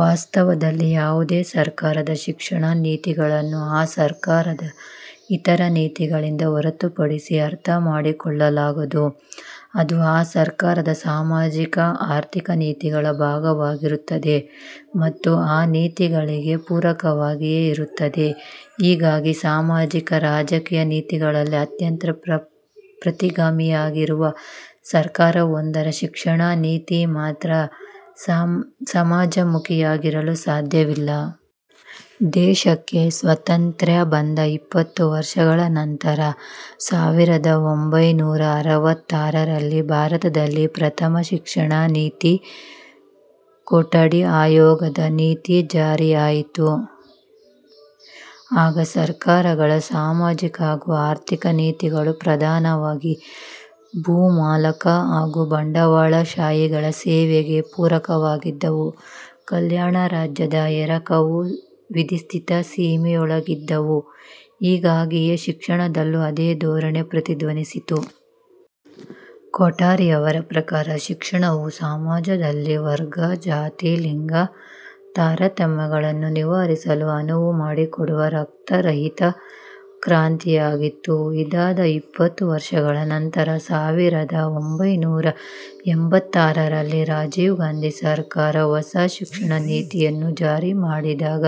ವಾಸ್ತವದಲ್ಲಿ ಯಾವುದೇ ಸರಕಾರದ ಶಿಕ್ಷಣ ನೀತಿಗಳನ್ನು ಆ ಸರಕಾರದ ಇತರ ನೀತಿಗಳಿಂದ ಹೊರತು ಪಡಿಸಿ ಅರ್ಥಮಾಡಿಕೊಳ್ಳಲಾಗದು. ಅದು ಆ ಸರಕಾರದ ಸಾಮಾಜಿಕ-ಆರ್ಥಿಕ ನೀತಿಗಳ ಭಾಗವಾಗಿರುತ್ತದೆ ಮತ್ತು ಆ ನೀತಿಗಳಿಗೆ ಪೂರಕವಾಗಿಯೇ ಇರುತ್ತದೆ. ಹೀಗಾಗಿ ಸಾಮಾಜಿಕ-ರಾಜಕೀಯ ನೀತಿಗಳಲ್ಲಿ ಅತ್ಯಂತ ಪ್ರತಿಗಾಮಿಯಾಗಿರುವ ಸರಕಾರವೊಂದರ ಶಿಕ್ಷಣ ನೀತಿ ಮಾತ್ರ ಸಮಾಜಮುಖಿಯಾಗಿರಲು ಸಾಧ್ಯವಿಲ್ಲ. ದೇಶಕ್ಕೆ ಸ್ವಾತಂತ್ರ್ಯ ಬಂದ ಇಪ್ಪತ್ತು ವರ್ಷಗಳ ನಂತರ ಸಾವಿರದ ಒಂಭೈನೂರ ಅರವತ್ತಾರರಲ್ಲಿ ಭಾರತದಲ್ಲಿ ಪ್ರಥಮ ಶಿಕ್ಷಣ ನೀತಿ-ಕೊಠಾರಿ ಆಯೋಗದ ನೀತಿ ಜಾರಿಯಾಯಿತು. ಆಗ ಸರಕಾರಗಳ ಸಾಮಾಜಿಕ ಹಾಗೂ ಆರ್ಥಿಕ ನೀತಿಗಳು ಪ್ರಧಾನವಾಗಿ ಭೂಮಾಲಕ ಹಾಗೂ ಬಂಡವಾಳಶಾಹಿಗಳ ಸೇವೆಗೆ ಪೂರಕವಾಗಿದ್ದರೂ ಕಲ್ಯಾಣರಾಜ್ಯದ ಎರಕವು ವಿಧಿಸಿದ್ದ ಸೀಮೆಯೊಳಗಿದ್ದವು. ಹೀಗಾಗಿಯೇ ಶಿಕ್ಷಣದಲ್ಲೂ ಅದೇ ಧೋರಣೆ ಪ್ರತಿಧ್ವನಿಸಿತ್ತು. ಕೊಠಾರಿಯವರ ಪ್ರಕಾರ ಶಿಕ್ಷಣವು ಸಮಾಜದಲ್ಲಿನ ವರ್ಗ-ಜಾತಿ-ಲಿಂಗ ತಾರತಮ್ಯಗಳನ್ನು ನಿವಾರಿಸಲು ಅನುವು ಮಾಡಿಕೊಡುವ ರಕ್ತರಹಿತ ಕ್ರಾಂತಿಯಾಗಿತ್ತು. ಇದಾದ ಇಪ್ಪತ್ತು ವರ್ಷಗಳ ನಂತರ ಸಾವಿರದ ಒಂಭೈನೂರ ಎಂಭತ್ತಾರರಲ್ಲಿ ರಾಜೀವ್ ಗಾಂಧಿ ಸರಕಾರ ಹೊಸ ಶಿಕ್ಷಣ ನೀತಿಯನ್ನು ಜಾರಿ ಮಾಡಿದಾಗ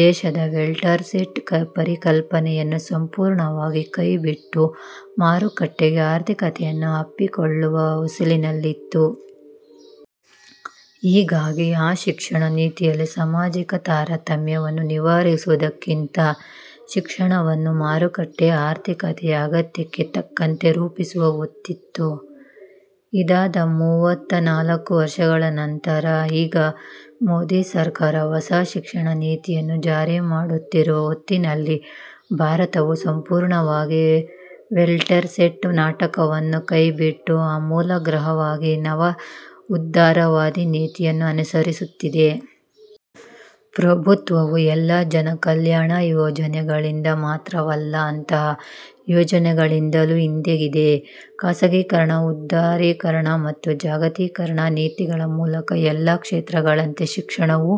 ದೇಶ ವೆಲ್ಫೇರ್ ಸ್ಟೇಟ್ ಪರಿಕಲ್ಪನೆಯನ್ನು ಸಂಪೂರ್ಣವಾಗಿ ಕೈಬಿಟ್ಟು ಮಾರುಕಟ್ಟೆ ಆರ್ಥಿಕತೆಯನ್ನು ಅಪ್ಪಿಕೊಳ್ಳುವ ಹೊಸ್ತಿಲಲ್ಲಿತ್ತು. ಹೀಗಾಗಿ ಆ ಶಿಕ್ಷಣ ನೀತಿಯಲ್ಲಿ ಸಾಮಾಜಿಕ ತಾರತಮ್ಯವನ್ನು ನಿವಾರಿಸುವುದಕ್ಕಿಂತ ಶಿಕ್ಷಣವನ್ನು ಮಾರುಕಟ್ಟೆ ಆರ್ಥಿಕತೆಯ ಅಗತ್ಯಕ್ಕೆ ತಕ್ಕಂತೆ ರೂಪಿಸುವ ಒತ್ತಿತ್ತು. ಇದಾದ ಮೂವತ್ತ ನಾಲ್ಕು ವರ್ಷಗಳ ನಂತರ ಈಗ ಮೋದಿ ಸರಕಾರ ಹೊಸ ಶಿಕ್ಷಣ ನೀತಿಯನ್ನು ಜಾರಿ ಮಾಡುತ್ತಿರುವ ಹೊತ್ತಿನಲ್ಲಿ ಭಾರತವು ಸಂಪೂರ್ಣವಾಗಿ ವೆಲ್ಫೇರ್ ಸ್ಟೇಟ್ನ ನಾಟಕವನ್ನೂ ಕೈಬಿಟ್ಟು ಆಮೂಲಾಗ್ರವಾಗಿ ನವ ಉದಾರವಾದಿ ನೀತಿಯನ್ನು ಅನುಸರಿಸುತ್ತಿದೆ. ಪ್ರಭುತ್ವವು ಎಲ್ಲಾ ಜನಕಲ್ಯಾಣ ಯೋಜನೆಗಳಿಂದ ಮಾತ್ರವಲ್ಲ ಅಂತಹ ಯೋಚನೆಗಳಿಂದಲೂ ಹಿಂದೆಗೆದಿದೆ. ಖಾಸಗೀಕರಣ ಉದಾರೀಕರಣ ಮತ್ತು ಜಾಗತೀಕರಣದ ನೀತಿಗಳ ಮೂಲಕ ಎಲ್ಲಾ ಕ್ಷೇತ್ರಗಳಂತೆ ಶಿಕ್ಷಣವನ್ನೂ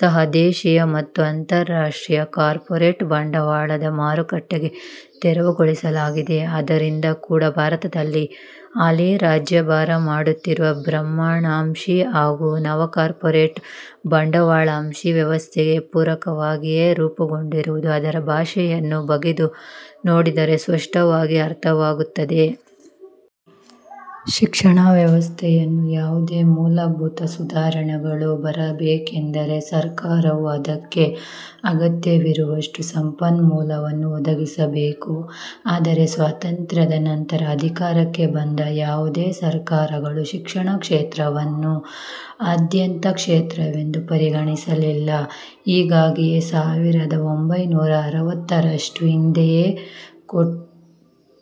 ಸಹ ದೇಶೀಯ ಮತ್ತು ಅಂತರ್ರಾಷ್ಟ್ರೀಯ ಕಾರ್ಪೊರೇಟ್ ಬಂಡವಾಳದ ಮಾರುಕಟ್ಟೆಗೆ ತೆರೆವುಗೊಳಿಸಲಾಗಿದೆ. ಆದ್ದರಿಂದ ಕೂಡಾ ಭಾರತದಲ್ಲಿ ಹಾಲಿ ರಾಜ್ಯಭಾರ ಮಾಡುತ್ತಿರುವ ನವಬ್ರಾಹ್ಮಣಶಾಹಿ ಹಾಗೂ ನವಕಾರ್ಪೊರೇಟ್ ಬಂಡವಾಳಶಾಹಿ ವ್ಯವಸ್ಥೆಗೆ ಪೂರಕವಾಗಿಯೇ ರೂಪುಗೊಂಡಿರುವುದು ಅದರ ಭಾಷೆಯನ್ನು ಬಗೆದು ನೋಡಿದರೆ ಸ್ಪಷ್ಟವಾಗಿ ಅರ್ಥವಾಗುತ್ತದೆ. ಶಿಕ್ಷಣ ವ್ಯವಸ್ಥೆಯಲ್ಲಿ ಯಾವುದೇ ಮೂಲಭೂತ ಸುಧಾರಣೆಗಳು ಬರಬೇಕೆಂದರೆ ಸರಕಾರವು ಅದಕ್ಕೆ ಅಗತ್ಯವಿರುವಷ್ಟು ಸಂಪನ್ಮೂಲವನ್ನು ಒದಗಿಸಬೇಕು. ಆದರೆ ಸ್ವಾತಂತ್ರ್ಯಾ ನಂತರ ಅಧಿಕಾರಕ್ಕೆ ಬಂದ ಯಾವುದೇ ಸರಕಾರಗಳು ಶಿಕ್ಷಣ ಕ್ಷೇತ್ರವನ್ನು ಆದ್ಯತಾ ಕ್ಷೇತ್ರವೆಂದು ಪರಿಗಣಿಸಲಿಲ್ಲ. ಹೀಗಾಗಿಯೇ ಸಾವಿರದ ಒಂಭೈನೂರ ಅರವತ್ತಾರರಷ್ಟು ಹಿಂದೆಯೇ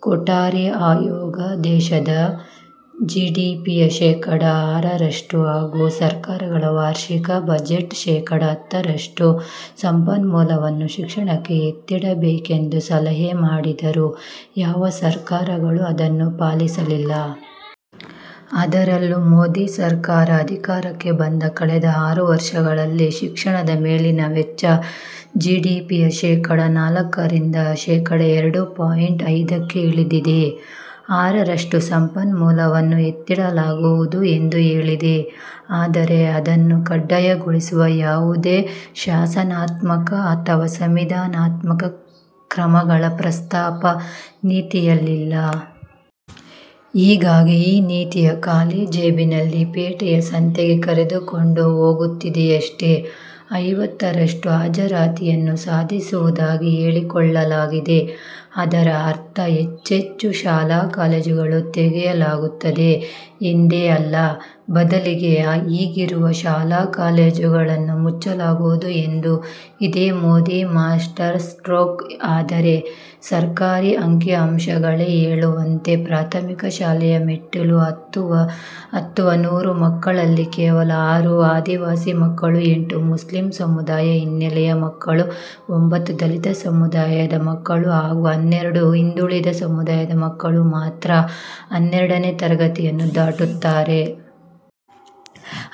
ಕೊಠಾರಿ ಆಯೋಗ ದೇಶದ ಜಿಡಿಪಿಯ ಶೇಕಡಾ ಆರರಷ್ಟು ಹಾಗೂ ಸರಕಾರಗಳ ವಾರ್ಷಿಕ ಬಜೆಟ್ನ ಶೇಕಡಾ ಹತ್ತರಷ್ಟು ಸಂಪನ್ಮೂಲವನ್ನು ಶಿಕ್ಷಣಕ್ಕೆ ಎತ್ತಿಡಬೇಕೆಂದು ಸಲಹೆ ಮಾಡಿದ್ದರೂ ಯಾವ ಸರಕಾರಗಳೂ ಅದನ್ನು ಪಾಲಿಸಲಿಲ್ಲ. ಅದರಲ್ಲೂ ಮೋದಿ ಸರಕಾರ ಅಧಿಕಾರಕ್ಕೆ ಬಂದ ಕಳೆದ ಆರು ವರ್ಷಗಳಲ್ಲಿ ಶಿಕ್ಷಣದ ಮೇಲಿನ ವೆಚ್ಚ ಜಿಡಿಪಿಯ ಶೇಕಡಾ ನಾಲ್ಕರಿಂದ ಶೇಕಡಾ ಎರಡು ಪಾಯಿಂಟ್ ಐದಕ್ಕೆ ಇಳಿದಿದೆ. ಆರರಷ್ಟು ಸಂಪನ್ಮೂಲವನ್ನು ಎತ್ತಿಡಲಾಗುವುದು ಎಂದು ಹೇಳಿದೆ. ಆದರೆ ಅದನ್ನು ಕಡ್ಡಾಯಗೊಳಿಸುವ ಯಾವುದೇ ಶಾಸನಾತ್ಮಕ ಅಥವಾ ಸಂವಿಧಾನಾತ್ಮಕ ಕ್ರಮಗಳ ಪ್ರಸ್ತಾಪ ನೀತಿಯಲ್ಲಿಲ್ಲ. ಹೀಗಾಗಿ ಈ ನೀತಿಯು ಖಾಲಿ ಜೇಬಿನಲ್ಲಿ ಪೇಟೆಯ ಸಂತೆಗೆ ಕರೆದುಕೊಂಡು ಹೋಗುತ್ತಿದೆಯಷ್ಟೆ. ಐವತ್ತರಷ್ಟು ಹಾಜರಾತಿಯನ್ನು ಸಾಧಿಸುವುದಾಗಿ ಹೇಳಿಕೊಳ್ಳಲಾಗಿದೆ. ಅದರ ಅರ್ಥ ಹೆಚ್ಚೆಚ್ಚು ಶಾಲಾ- ಕಾಲೇಜುಗಳನ್ನು ತೆಗೆಯಲಾಗುತ್ತದೆ ಎಂದೇ? ಅಲ್ಲ. ಬದಲಿಗೆ ಈಗಿರುವ ಶಾಲಾ-ಕಾಲೇಜುಗಳನ್ನು ಮುಚ್ಚಲಾಗುವುದು ಎಂದು. ಇದೇ ಮೋದಿ ಮಾಸ್ಟರ್ ಸ್ಟ್ರೋಕ್ ಆದರೆ ಸರಕಾರಿ ಅಂಕಿ ಅಂಶಗಳೇ ಹೇಳುವಂತೆ ಪ್ರಾಥಮಿಕ ಶಾಲೆಯ ಮೆಟ್ಟಿಲು ಹತ್ತುವ ನೂರು ಮಕ್ಕಳಲ್ಲಿ ಕೇವಲ ಆರು ಆದಿವಾಸಿ ಮಕ್ಕಳು, ಎಂಟು ಮುಸ್ಲಿಂ ಸಮುದಾಯದ ಹಿನ್ನೆಲೆಯ ಮಕ್ಕಳು, ಒಂಭತ್ತು ದಲಿತ ಸಮುದಾಯದ ಮಕ್ಕಳು ಹಾಗೂ ಹನ್ನೆರಡು ಹಿಂದುಳಿದ ಸಮುದಾಯದ ಮಕ್ಕಳು ಮಾತ್ರ ಹನ್ನೆರಡನೇ ತರಗತಿಯನ್ನು ದಾಟುತ್ತಾರೆ.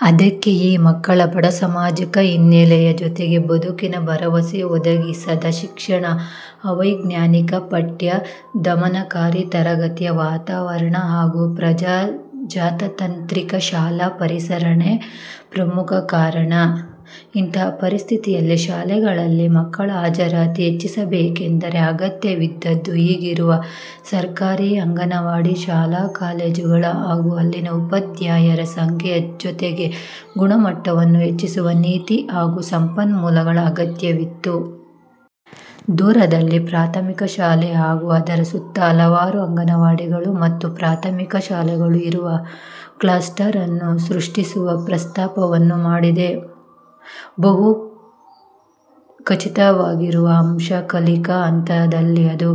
ಅದಕ್ಕೆ ಈ ಮಕ್ಕಳ ಬಡ ಸಾಮಾಜಿಕ ಹಿನ್ನೆಲೆಯ ಜೊತೆಗೆ ಬದುಕಿನ ಭರವಸೆ ಒದಗಿಸದ ಶಿಕ್ಷಣ, ಅವೈಜ್ಞಾನಿಕ ಪಠ್ಯ, ದಮನಕಾರಿ ತರಗತಿಯ ವಾತಾವರಣ ಹಾಗೂ ಅಪ್ರಜಾತಾಂತ್ರಿಕ ಶಾಲಾ ಪರಿಸರಗಳೇ ಪ್ರಮುಖ ಕಾರಣ. ಇಂತಹ ಪರಿಸ್ಥಿತಿಯಲ್ಲಿ ಶಾಲೆಗಳಲ್ಲಿ ಮಕ್ಕಳ ಹಾಜರಾತಿ ಹೆಚ್ಚಿಸಬೇಕೆಂದರೆ ಅಗತ್ಯವಿದ್ದದ್ದು ಈಗಿರುವ ಸರಕಾರಿ ಅಂಗನವಾಡಿ ಶಾಲಾ- ಕಾಲೇಜುಗಳ ಹಾಗೂ ಅಲ್ಲಿನ ಉಪಾಧ್ಯಾಯರ ಸಂಖ್ಯೆಯ ಜೊತೆಗೆ ಗುಣಮಟ್ಟವನ್ನೂ ಹೆಚ್ಚಿಸುವ ನೀತಿ ಹಾಗೂ ಸಂಪನ್ಮೂಲಗಳ ಅಗತ್ಯವಿತ್ತು. ದೂರದಲ್ಲಿ ಪ್ರಾಥಮಿಕ ಶಾಲೆ ಹಾಗೂ ಅದರ ಸುತ್ತ ಹಲವಾರು ಅಂಗನವಾಡಿಗಳು ಮತ್ತು ಪ್ರಾಥಮಿಕ ಶಾಲೆಗಳು ಇರುವ 'ಕ್ಲಸ್ಟರ್' ಅನ್ನು ಸೃಷ್ಟಿಸುವ ಪ್ರಸ್ತಾಪವನ್ನು ಮಾಡಿದೆ. ಬಹು ಚರ್ಚಿತವಾಗುತ್ತಿರುವ ಅಂಶ ಕಲಿಕಾ ಹಂತಗಳಲ್ಲಿ ಅದು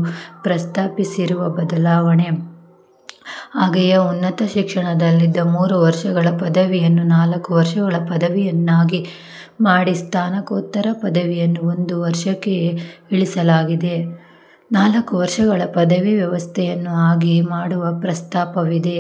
ಪ್ರಸ್ತಾಪಿಸಿರುವ ಬದಲಾವಣೆ. ಹಾಗೆಯೇ ಉನ್ನತ ಶಿಕ್ಷಣದಲ್ಲಿದ್ದ ಮೂರು ವರ್ಷಗಳ ಪದವಿಯನ್ನು ನಾಲ್ಕು ವರ್ಷಗಳ ಪದವಿಯನ್ನಾಗಿ ಮಾಡಿ ಸ್ನಾತಕೋತ್ತರ ಪದವಿಯನ್ನು ಒಂದು ವರ್ಷಕ್ಕೆ ಇಳಿಸಲಾಗಿದೆ. ನಾಲ್ಕು ವರ್ಷಗಳ ಪದವಿ ವ್ಯವಸ್ಥೆಯನ್ನು ಆಗಿ ಮಾಡುವ ಪ್ರಸ್ತಾಪವಿದೆ.